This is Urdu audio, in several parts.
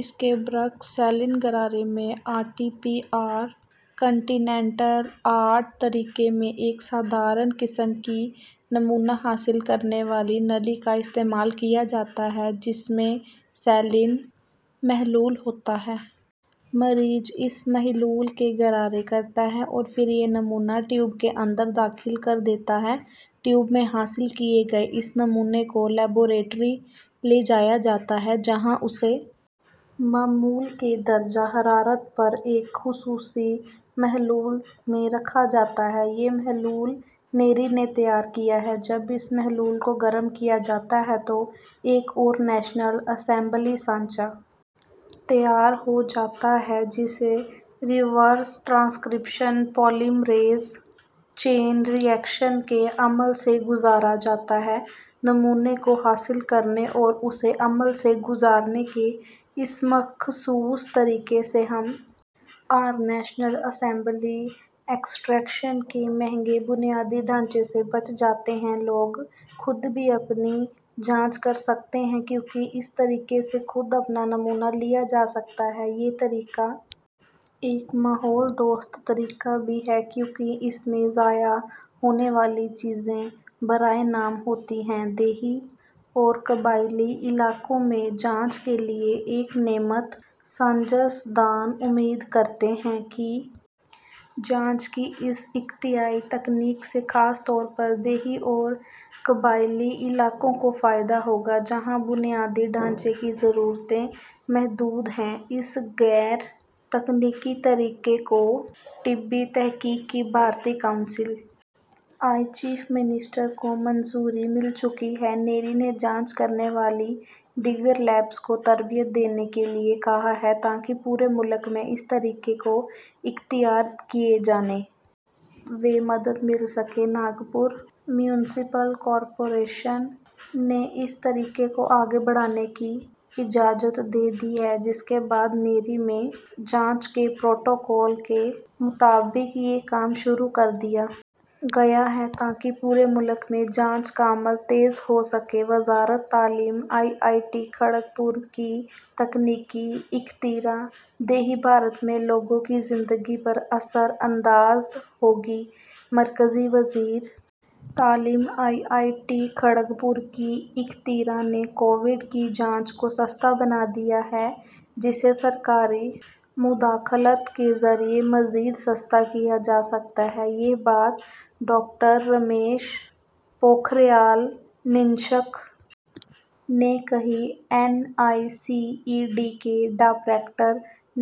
اس کے برعکس سیلین غرارے کے R T P C R طریقے میں ایک سادہ قسم کی نمونہ حاصل کرنے والی نلی کا استعمال کیا جاتا ہے جس میں سیلین محلول ہوتا ہے مریض اس محلول کے غرارے کرتا ہے اور پھر یہ نمونہ ٹیوب کے اندر داخل کر دیتا ہے ٹیوب میں حاصل کیے گئے اس نمونے کو لیبارٹری لے جایا جاتا ہے جہاں اسے معمول کے درجہ حرارت پر ایک خصوصی محلول میں رکھا جاتا ہے یہ محلول نیری نے تیار کیا ہے جب اس محلول کو گرم کیا جاتا ہے تو ایک آر این اے سانچہ تیار ہو جاتا ہے جسے reverse transcription polymerase chain reaction کے عمل سے گزارا جاتا ہے نمونے کو حاصل کرنے اور اسے عمل سے گزارنے کے اس مخصوص طریقے سے ہم آر این اے ایکسٹریکشن کے مہنگے بنیادی ڈھانچے سے بچ جاتے ہیں لوگ خود بھی اپنی جانچ کر سکتے ہیں کیونکہ اس طریقے سے خود اپنا نمونہ لیا جا سکتا ہے یہ طریقہ ایک ماحول دوست طریقہ بھی ہے کیونکہ اس میں ضائع ہونے والی چیزیں برائے نام ہوتی ہیں دیہی اور قبائلی علاقوں میں جانچ کے لیے ایک نعمت سائنس دان امید کرتے ہیں کہ جانچ کی اس اختراعی تکنیک سے خاص طور پر دیہی اور قبائلی علاقوں کو فائدہ ہوگا جہاں بنیادی ڈھانچے کی ضرورتیں محدود ہیں اس غیر تکنیکی طریقے کو طبی تحقیق کی بھارتی council I C M R سے منظوری مل چکی ہے نیری نے جانچ کرنے والی دیگر لیبز کو تربیت دینے کے لیے کہا ہے تاکہ پورے ملک میں اس طریقے کو اختیار کیے جانے میں مدد مل سکے ناگپور میونسپل کارپوریشن نے اس طریقے کو آگے بڑھانے کی اجازت دے دی ہے جس کے بعد نیری میں جانچ کے پروٹوکول کے مطابق یہ کام شروع کر دیا گیا ہے تاکہ پورے ملک میں جانچ کا عمل تیز ہو سکے وزارت تعلیم آئی آئی ٹی کھڑگپور کی تکنیکی اختراع دیہی بھارت میں لوگوں کی زندگی پر اثر انداز ہوگی مرکزی وزیر تعلیم آئی آئی ٹی کھڑگپور کی اختراع نے کووڈ کی جانچ کو سستا بنا دیا ہے جسے سرکاری مداخلت کے ذریعے مزید سستا کیا جا سکتا ہے یہ بات ڈاکٹر رمیش پوکھریال نشنک نے کہی N I C E D کے ڈائریکٹر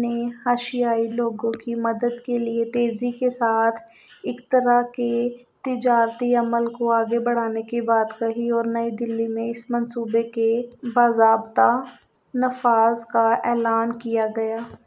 نے حاشیائی لوگوں کی مدد کے لیے تیزی کے ساتھ اختراع کے تجارتی عمل کو آگے بڑھانے کی بات کہی اور نئی دہلی میں اس منصوبے کے باضابطہ نفاذ کا اعلان کیا گیا